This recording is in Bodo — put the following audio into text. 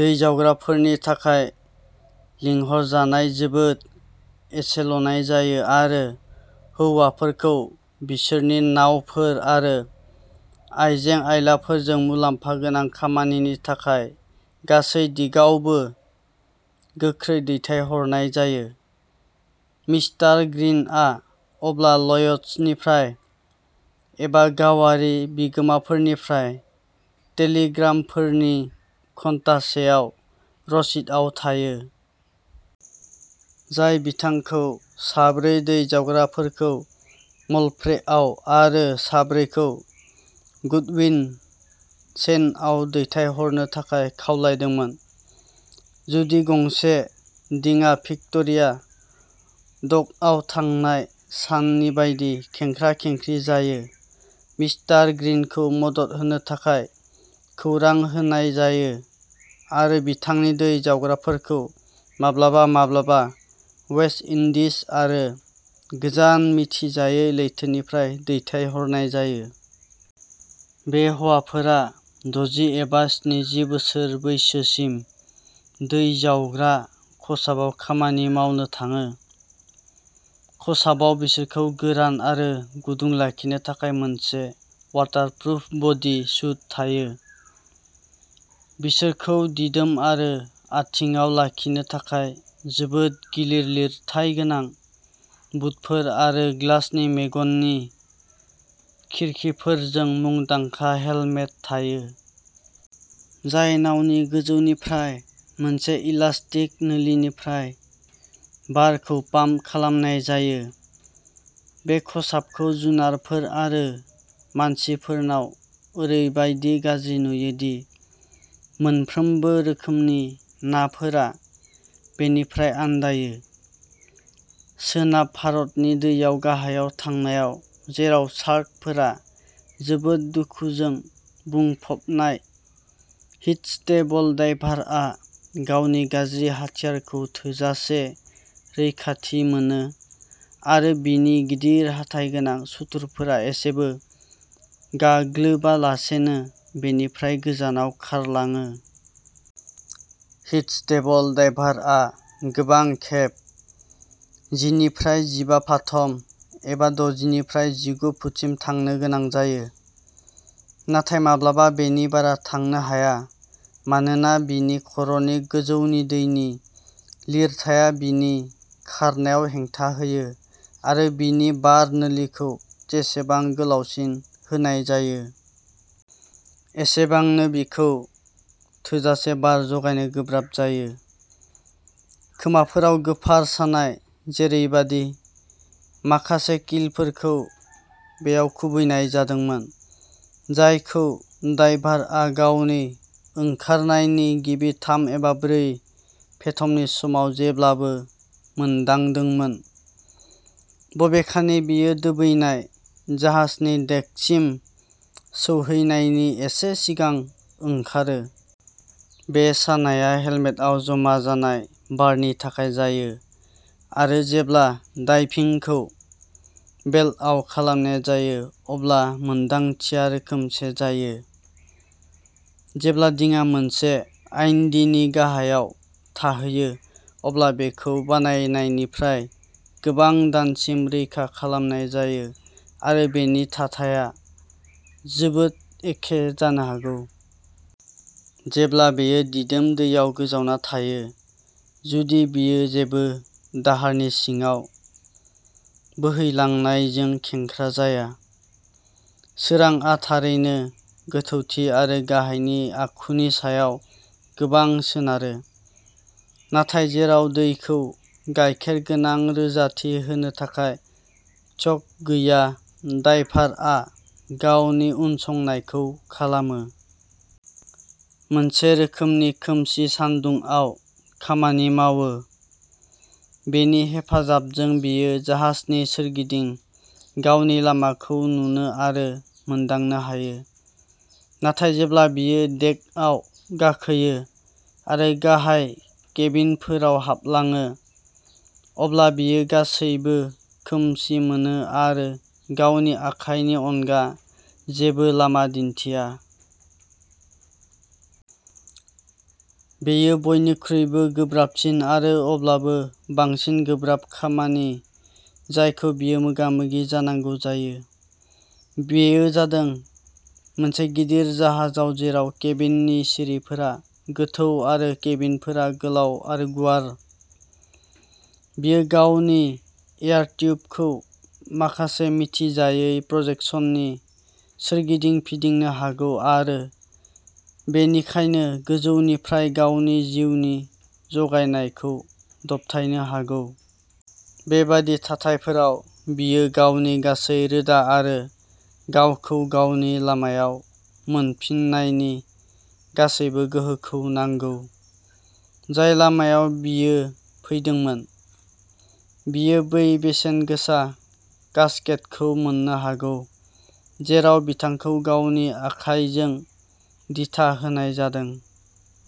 दै जावग्राफोरनि थाखाय लिंहरजानाय जोबोद एसेल'नाय जायो आरो हौवाफोरखौ बिसोरनि नावफोर आरो आइजें-आइलाफोरजों मुलाम्फा गोनां खामानिनि थाखाय गासै दिगावबो गोख्रै दैथायहरनाय जायो। मिस्टार ग्रीनआ अब्ला ल'यड्सनिफ्राय एबा गावारि बिगोमाफोरनिफ्राय टेलिग्रामफोरनि घन्टासेआव रसिदआव थायो। जाय बिथांखौ साब्रै दै जावग्राफोरखौ म'ल्फ्रेआव आरो साब्रैखौ गुडविन सैंडआव दैथायहरनो थाखाय खावलायदोंमोन। जुदि गंसे दिङा भिक्ट'रिया डकआव थांनाय साननि बायदि खेंख्रा-खेंख्रि जायो। मिस्टार ग्रीनखौ मदद होनो थाखाय खौरां होनाय जायो आरो बिथांनि दै जावग्राफोरखौ माब्लाबा-माब्लाबा वेस्ट इंडिज आरो गोजान मिथिजायै लैथोनिफ्राय दैथायहरनाय जायो। बे हौवाफोरा दजि एबा स्निजि बोसोर बैसोसिम दै जावग्रा खसाबाव खामानि मावनो थाङो। खसाबाव बिसोरखौ गोरान आरो गुदुं लाखिनो थाखाय मोनसे वाटारप्रुफ बडी सुट थायो। बिसोरखौ दिदोम आरो आथिंआव लाखिनो थाखाय जोबोद गिलिर लिरथाय गोनां बुटफोर आरो ग्लासनि मेगननि खिरखिफोरजों मुंदांखा हेलमेट थायो। जाय नावनि गोजौनिफ्राय मोनसे इलास्टिक नोलिनिफ्राय बारखौ पाम्प खालामनाय जायो। बे खसाबखौ जुनारफोर आरो मानसिफोरनाव ओरैबायदि गाज्रि नुयो दि मोनफ्रोमबो रोखोमनि नाफोरा बेनिफ्राय आनदायो। सोनाब भारतनि दैयाव गाहायाव थांनायाव जेराव शार्कफोरा जोबोद दुखुजों बुंफबनाय हिटस्टेबल डाइभारआ गावनि गाज्रि हाथियारखौ थोजासे रैखाथि मोनो आरो बिनि गिदिर हाथाइ गोनां सुथुरफोरा एसेबो गाग्लोबालासेनो बेनिफ्राय गोजानाव खारलाङो। हिटस्टेबल डाइभारआ गोबां खेब जिनिफ्राय जिबा फाथम एबा दजिनिफ्राय जिगु फुटसिम थांनो गोनां जायो। नाथाय माब्लाबा बेनि बारा थांनो हाया मानोना बिनि खर'नि गोजौनि दैनि लिरथाया बिनि खारनायाव हेंथा होयो आरो बिनि बार नोलिखौ जेसेबां गोलावसिन होनाय जायो। एसेबांनो बिखौ थोजासे बार जगायनो गोब्राब जायो। खोमाफोराव गोफार सानाय जेरैबादि। माखासे किलफोरखौ बेयाव खुबैनाय जादोंमोन। जायखौ डायभारआ गावनि ओंखारनायनि गिबि थाम एबा ब्रै फेथमनि समाव जेब्लाबो मोनदांदोंमोन। बबेखानि बेयो दोबैनाय जाहाजनि डेकसिम सौहैनायनि एसे सिगां ओंखारो। बे सानाया हेलमेटआव जमा जानाय बारनि थाखाय जायो आरो जेब्ला डाइभिंखौ बेलआव खालामनाय जायो अब्ला मोन्दांथिया रोखोमसे जायो। जेब्ला दिङा मोनसे आइन्डीनि गाहायाव थाहैयो अब्ला बेखौ बायनायनिफ्राय गोबां दानसिम रैखा खालामनाय जायो आरो बेनि थाथाया जोबोद एखे जानो हागौ। जेब्ला बेयो दिदोम दैयाव गोजावना थायो जुदि बेयो जेबो दाहारनि सिङाव बोहैलांनायजों खेंख्रा जाया। सोरांआ थारैनो गोथौथि आरो गाहायनि आखुनि सायाव गोबां सोनारो। नाथाय जेराव दैखौ गायखेर गोनां रोजाथि होनो थाखाय चक गैया डायभारआ गावनि उनसंनायखौ खालामो। मोनसे रोखोमनि खोमसि सान्दुंआव खामानि मावो। बेनि हेफाजाबजों बियो जाहाजनि सोरगिदिं गावनि लामाखौ नुनो आरो मोनदांनो हायो। नाथाय जेब्ला बियो डेकआव गाखोयो आरो गाहाय केबिनफोराव हाबलाङो अब्ला बियो गासैबो खोमसि मोनो आरो गावनि आखाइनि अनगा जेबो लामा दिन्थिया। बेयो बयनिख्रुइबो गोब्राबसिन आरो अब्लाबो बांसिन गोब्राब खामानि जायखौ बियो मोगा-मोगि जानांगौ जायो। बेयो जादों मोनसे गिदिर जाहाजाव जेराव केबिननि सिरिफोरा गोथौ आरो केबिनफोरा गोलाव आरो गुवार। बियो गावनि एयार टिउबखौ माखासे मिथिजायै प्रजेकसननि सोरगिदिं फिदिंनो हागौ आरो बेनिखायनो गोजौनिफ्राय गावनि जिउनि जगायनायखौ दबथायनो हागौ। बेबादि थाथायफोराव बियो गावनि गासै रोदा आरो गावखौ गावनि लामायाव मोनफिननायनि गासैबो गोहोखौ नांगौ। जाय लामायाव बियो फैदोंमोन। बियो बै बेसेनगोसा कास्केटखौ मोननो हागौ। जेराव बिथांखौ गावनि आखायजों दिथा होनाय जादों।